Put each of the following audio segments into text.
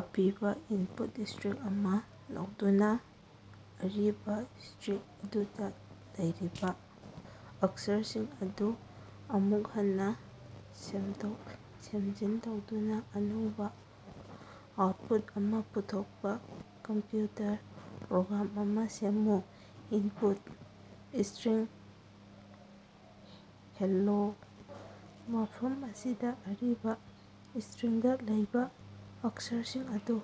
ꯑꯄꯤꯕ input string ꯑꯃ ꯂꯧꯗꯨꯅ ꯑꯔꯤꯕ ꯁ꯭ꯇꯔꯤꯡ ꯑꯗꯨꯗ ꯂꯩꯔꯤꯕ ꯑꯛꯁꯔꯁꯤꯡ ꯑꯗꯨ ꯑꯃꯨꯛ ꯍꯟꯅ ꯁꯦꯝꯗꯣꯛ-ꯁꯦꯝꯖꯤꯟ ꯇꯧꯗꯨꯅ ꯑꯅꯧꯕ ꯑꯥꯎꯠꯄꯨꯠ ꯑꯃ ꯄꯨꯊꯣꯛꯄ ꯀꯝꯄ꯭ꯌꯨꯇꯔ ꯄ꯭ꯔꯣꯒ꯭ꯔꯥꯝ ꯑꯃꯥ ꯁꯦꯝꯃꯨ꯫ Input string: hello. ꯃꯐꯝ ꯑꯁꯤꯗ ꯑꯔꯤꯕ ꯁ꯭ꯇꯔꯤꯡꯗ ꯂꯩꯕ ꯑꯛꯁꯔꯁꯤꯡ ꯑꯗꯨ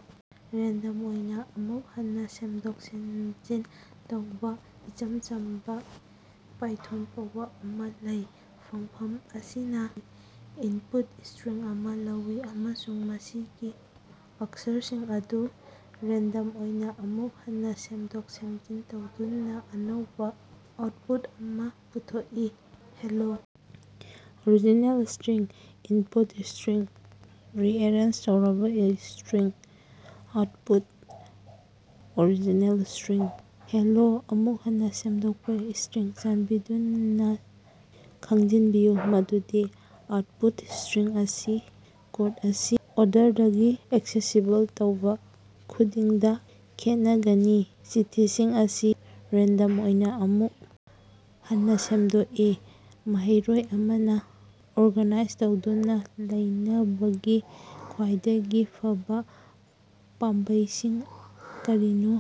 ꯔꯦꯟꯗꯝ ꯑꯣꯏꯅ ꯑꯃꯨꯛ ꯍꯟꯅ ꯁꯦꯝꯗꯣꯛ-ꯁꯦꯝꯖꯤꯟ ꯇꯧꯕ ꯏꯆꯝ ꯆꯝꯕ ꯄꯥꯏꯊꯣꯟ ꯀꯧꯕ ꯑꯃꯥ ꯂꯩ, ꯐꯪꯐꯝ ꯑꯁꯤꯅ ꯏꯟꯄꯨꯠ ꯁ꯭ꯇꯔꯤꯡ ꯑꯃ ꯂꯧꯏ ꯑꯃꯁꯨꯡ ꯃꯁꯤꯒꯤ ꯑꯛꯁꯔꯁꯤꯡ ꯑꯗꯨ ꯔꯦꯟꯗꯝ ꯑꯣꯏꯅ ꯑꯃꯨꯛ ꯍꯟꯅ ꯁꯦꯝꯗꯣꯛ-ꯁꯦꯝꯖꯤꯟ ꯇꯧꯗꯨꯅ ꯑꯅꯧꯕ ꯑꯥꯎꯠꯄꯨꯠ ꯑꯃ ꯄꯨꯊꯣꯛꯏ꯫ Hello original string: input string rearrange ꯇꯧꯔꯕ string: output: original string: hello ꯑꯃꯨꯛ ꯍꯟꯅ ꯁꯦꯝꯗꯣꯛꯄ ꯁ꯭ꯇꯔꯤꯡ: ꯆꯥꯟꯕꯤꯗꯨꯅ ꯈꯪꯖꯤꯟꯕꯤꯌꯨ ꯃꯗꯨꯗꯤ ꯑꯥꯎꯠꯄꯨꯠ ꯁ꯭ꯇꯔꯤꯡ ꯑꯁꯤ ꯀꯣꯗ ꯑꯁꯤ ꯑꯣꯔꯗꯔꯗꯒꯤ ꯑꯦꯛꯁꯦꯁꯤꯕꯜ ꯇꯧꯕ ꯈꯨꯗꯤꯡꯗ ꯈꯦꯠꯅꯒꯅꯤ꯫ ꯆꯤꯊꯤꯁꯤꯡ ꯑꯁꯤ ꯔꯦꯟꯗꯝ ꯑꯣꯏꯅ ꯑꯃꯨꯛ ꯍꯟꯅ ꯁꯦꯝꯗꯣꯛꯏ꯫ ꯃꯍꯩꯔꯣꯏ ꯑꯃꯅ ꯑꯣꯔꯒꯥꯅꯥꯏꯖ ꯇꯧꯗꯨꯅ ꯂꯩꯅꯕꯒꯤ ꯈ꯭ꯋꯥꯏꯗꯒꯤ ꯐꯕ ꯄꯥꯝꯕꯩꯁꯤꯡ ꯀꯔꯤꯅꯣ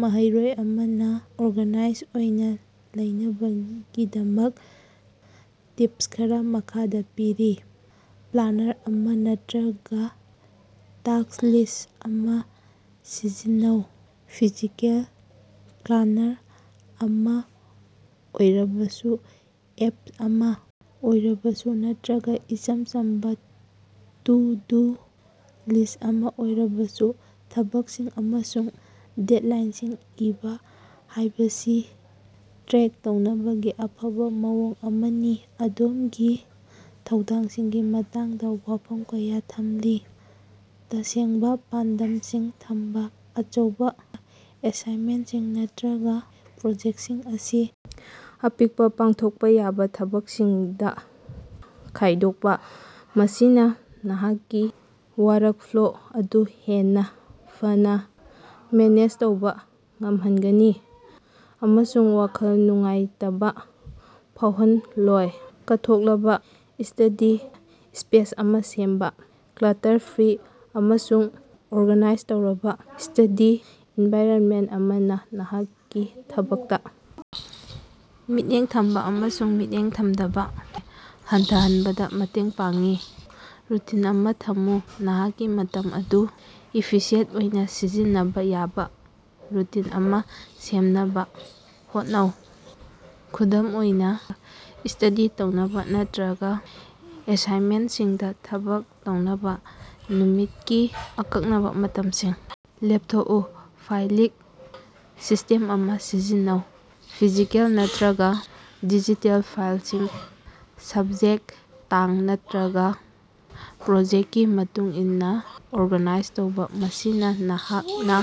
ꯃꯍꯩꯔꯣꯏ ꯑꯃꯅ ꯑꯣꯔꯒꯥꯅꯥꯏꯖ ꯑꯣꯏꯅ ꯂꯩꯅꯕꯒꯤꯗꯃꯛ ꯇꯤꯞꯁ ꯈꯔ ꯃꯈꯥꯗ ꯄꯤꯔꯤ: ꯄ꯭ꯂꯥꯅꯔ ꯑꯃ ꯅꯠꯇ꯭ꯔꯒ ꯇꯥꯁ꯭ꯛ ꯂꯤꯁ꯭ꯠ ꯑꯃꯥ ꯁꯤꯖꯤꯟꯅꯧ: ꯐꯤꯖꯤꯀꯦꯜ ꯄ꯭ꯂꯥꯅꯔ ꯑꯃꯥ ꯑꯣꯏꯔꯕꯁꯨ, ꯑꯦꯞ ꯑꯃꯥ ꯑꯣꯏꯔꯕꯁꯨ ꯅꯠꯇꯔꯒ ꯏꯆꯝ ꯆꯝꯕ ꯇꯨ ꯗꯨ ꯂꯤꯁ꯭ꯠ ꯑꯃ ꯑꯣꯏꯔꯕꯁꯨ, ꯊꯕꯛꯁꯤꯡ ꯑꯃꯁꯨꯡ ꯗꯦꯗꯂꯥꯏꯟꯁꯤꯡ ꯏꯕ ꯍꯥꯏꯕꯁꯤ ꯇ꯭ꯔꯦꯛ ꯇꯧꯅꯕꯒꯤ ꯑꯐꯕ ꯃꯑꯣꯡ ꯑꯃꯅꯤ꯫ ꯑꯗꯣꯝꯒꯤ ꯊꯧꯗꯥꯡꯁꯤꯡꯒꯤ ꯃꯇꯥꯡꯗ ꯋꯥꯐꯝ ꯀꯌꯥ ꯊꯝꯈꯤ꯫ ꯇꯁꯦꯡꯕ ꯄꯥꯟꯗꯝꯁꯤꯡ ꯊꯝꯕ: ꯑꯆꯧꯕ ꯑꯦꯁꯥꯏꯟꯃꯦꯟꯁꯤꯡ ꯅꯠꯇꯔꯒ ꯄ꯭ꯔꯣꯖꯦꯛꯁꯤꯡ ꯑꯁꯤ ꯑꯄꯤꯛꯄ, ꯄꯥꯡꯊꯣꯛꯄ ꯌꯥꯕ ꯊꯕꯛꯁꯤꯡꯗ ꯈꯥꯏꯗꯣꯛꯄ꯫ ꯃꯁꯤꯅ ꯅꯍꯥꯛꯀꯤ ꯋꯥꯔꯛꯐ꯭ꯂꯣ ꯑꯗꯨ ꯍꯦꯟꯅ ꯐꯅ ꯃꯦꯅꯦꯖ ꯇꯧꯕ ꯉꯝꯍꯟꯒꯅꯤ ꯑꯃꯁꯨꯡ ꯋꯥꯈꯜ ꯅꯨꯡꯉꯥꯏꯇꯕ ꯐꯥꯎꯍꯜꯂꯣꯏ꯫ ꯀꯠꯊꯣꯛꯂꯕ ꯁ꯭ꯇꯗꯤ ꯁ꯭ꯄꯦꯁ ꯑꯃ ꯁꯦꯝꯕ: ꯀ꯭ꯂꯥꯇꯔ ꯐ꯭ꯔꯤ ꯑꯃꯁꯨꯡ ꯑꯣꯔꯒꯥꯅꯥꯏꯖ ꯇꯧꯔꯕ ꯁ꯭ꯇꯗꯤ ꯑꯦꯟꯚꯥꯏꯔꯟꯃꯦꯟ ꯑꯃꯅ ꯅꯍꯥꯛꯀꯤ ꯊꯕꯛꯇ ꯃꯤꯠꯌꯦꯡ ꯊꯝꯕ ꯑꯃꯁꯨꯡ ꯃꯤꯠꯌꯦꯡ ꯊꯝꯗꯕ ꯍꯟꯊꯍꯟꯕꯗ ꯃꯇꯦꯡ ꯄꯥꯡꯒꯅꯤ꯫ ꯔꯨꯇꯤꯟ ꯑꯃꯥ ꯊꯝꯃꯨ: ꯅꯍꯥꯛꯀꯤ ꯃꯇꯝ ꯑꯗꯨ ꯏꯐꯤꯁꯤꯑꯦꯟꯠ ꯑꯣꯏꯅ ꯁꯤꯖꯤꯟꯅꯕ ꯌꯥꯕ ꯔꯨꯇꯤꯟ ꯑꯃ ꯁꯦꯝꯅꯕ ꯍꯣꯠꯅꯧ꯫ ꯈꯨꯗꯝ ꯑꯣꯏꯅ, ꯁ꯭ꯇꯗꯤ ꯇꯧꯅꯕ ꯅꯠꯇꯔꯒ ꯑꯦꯁꯥꯏꯟꯃꯦꯟꯁꯤꯡꯗ ꯊꯕꯛ ꯇꯧꯅꯕ ꯅꯨꯃꯤꯠꯀꯤ ꯑꯀꯛꯅꯕ ꯃꯇꯝꯁꯤꯡ ꯂꯦꯞꯊꯣꯛꯎ꯫ ꯐꯥꯏꯂꯤꯡ ꯁꯤꯁ꯭ꯇꯦꯝ ꯑꯃ ꯁꯤꯖꯤꯟꯅꯧ: ꯐꯤꯖꯤꯀꯦꯜ ꯅꯠꯇꯔꯒ ꯗꯤꯖꯤꯇꯦꯜ ꯐꯥꯏꯜꯁꯤꯡ ꯁꯕꯖꯦꯛ, ꯇꯥꯡ ꯅꯠꯇꯔꯒ ꯄ꯭ꯔꯣꯖꯦꯛꯀꯤ ꯃꯇꯨꯡꯏꯟꯅ ꯑꯣꯔꯒꯥꯅꯥꯏꯖ ꯇꯧꯕ꯫ ꯃꯁꯤꯅ ꯅꯍꯥꯛꯅ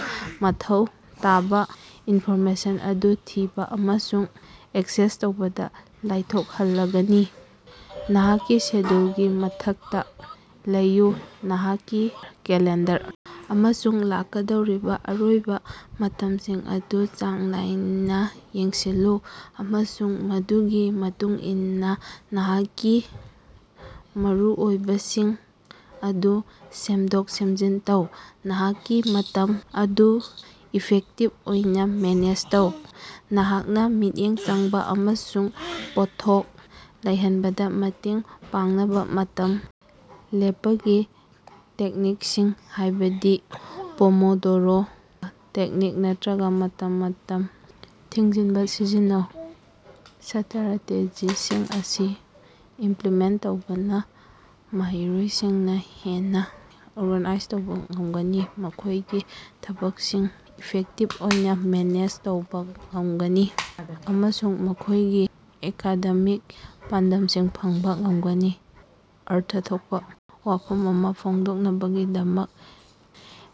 ꯃꯊꯧ ꯇꯥꯕ ꯏꯟꯐꯣꯔꯃꯦꯁꯟ ꯑꯗꯨ ꯊꯤꯕ ꯑꯃꯁꯨꯡ ꯑꯦꯛꯁꯦꯁ ꯇꯧꯕꯗ ꯂꯥꯏꯊꯣꯛꯍꯜꯂꯒꯅꯤ꯫ ꯅꯍꯥꯛꯀꯤ ꯁꯦꯗ꯭ꯌꯨꯜꯒꯤ ꯃꯊꯛꯇ ꯂꯩꯌꯨ: ꯅꯍꯥꯛꯀꯤ ꯀꯦꯂꯦꯟꯗꯔ ꯑꯃꯁꯨꯡ ꯂꯥꯛꯀꯗꯧꯔꯤꯕ ꯑꯔꯣꯏꯕ ꯃꯇꯝꯁꯤꯡ ꯑꯗꯨ ꯆꯥꯡ ꯅꯥꯏꯅ ꯌꯦꯡꯁꯤꯜꯂꯨ, ꯑꯃꯁꯨꯡ ꯃꯗꯨꯒꯤ ꯃꯇꯨꯡ ꯏꯟꯅ ꯅꯍꯥꯛꯀꯤ ꯃꯔꯨꯑꯣꯏꯕꯁꯤꯡ ꯑꯗꯨ ꯁꯦꯝꯗꯣꯛ-ꯁꯦꯝꯖꯤꯟ ꯇꯧ꯫ ꯅꯍꯥꯛꯀꯤ ꯃꯇꯝ ꯑꯗꯨ ꯏꯐꯦꯛꯇꯤꯚ ꯑꯣꯏꯅ ꯃꯦꯅꯦꯖ ꯇꯧ: ꯅꯍꯥꯛꯅ ꯃꯤꯠꯌꯦꯡ ꯆꯪꯕ ꯑꯃꯁꯨꯡ ꯄꯣꯠꯊꯣꯛ ꯂꯩꯍꯟꯕꯗ ꯃꯇꯦꯡ ꯄꯥꯡꯅꯕ ꯃꯇꯝ ꯂꯦꯞꯄꯒꯤ ꯇꯦꯛꯅꯤꯛꯁꯤꯡ, ꯍꯥꯏꯕꯗꯤ ꯄꯣꯃꯣꯗꯣꯔꯣ ꯇꯦꯛꯅꯤꯛ ꯅꯠꯇꯔꯒ ꯃꯇꯝ-ꯃꯇꯝ ꯊꯤꯡꯖꯤꯟꯕ ꯁꯤꯖꯤꯟꯅꯧ꯫ ꯁ꯭ꯇꯔꯥꯇꯦꯖꯤꯁꯤꯡ ꯑꯁꯤ ꯏꯝꯄꯂꯤꯃꯦꯟꯠ ꯇꯧꯕꯅ ꯃꯍꯩꯔꯣꯏꯁꯤꯡꯅ ꯍꯦꯟꯅ ꯑꯣꯔꯒꯥꯅꯥꯏꯖ ꯇꯧꯕ ꯉꯝꯒꯅꯤ, ꯃꯈꯣꯏꯒꯤ ꯊꯕꯛꯁꯤꯡ ꯏꯐꯦꯛꯇꯤꯕ ꯑꯣꯏꯅ ꯃꯦꯅꯦꯖ ꯇꯧꯕ ꯉꯝꯒꯅꯤ ꯑꯃꯁꯨꯡ ꯃꯈꯣꯏꯒꯤ ꯑꯦꯀꯥꯗꯦꯃꯤꯛ ꯄꯥꯟꯗꯝꯁꯤꯡ ꯐꯪꯕ ꯉꯝꯒꯅꯤ꯫ ꯑꯔꯊ ꯊꯣꯛꯄꯥ ꯋꯥꯐꯝ ꯑꯃꯥ ꯐꯣꯡꯗꯣꯛꯅꯕꯒꯤꯗꯃꯛ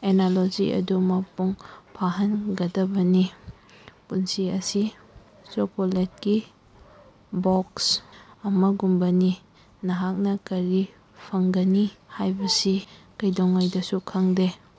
ꯑꯦꯅꯥꯂꯣꯖꯤ ꯑꯗꯨ ꯃꯄꯨꯡ ꯐꯥꯍꯟꯒꯗꯕꯅꯤ꯫ ꯄꯨꯟꯁꯤ ꯑꯁꯤ ꯆꯣꯀꯣꯂꯦꯠꯀꯤ ꯕꯣꯛꯁ ꯑꯃꯒꯨꯝꯕꯅꯤ, ꯅꯍꯥꯛꯅꯥ ꯀꯔꯤ ꯐꯪꯒꯅꯤ ꯍꯥꯏꯕꯁꯤ ꯀꯩꯗꯧꯉꯩꯗꯁꯨ ꯈꯪꯗꯦ꯫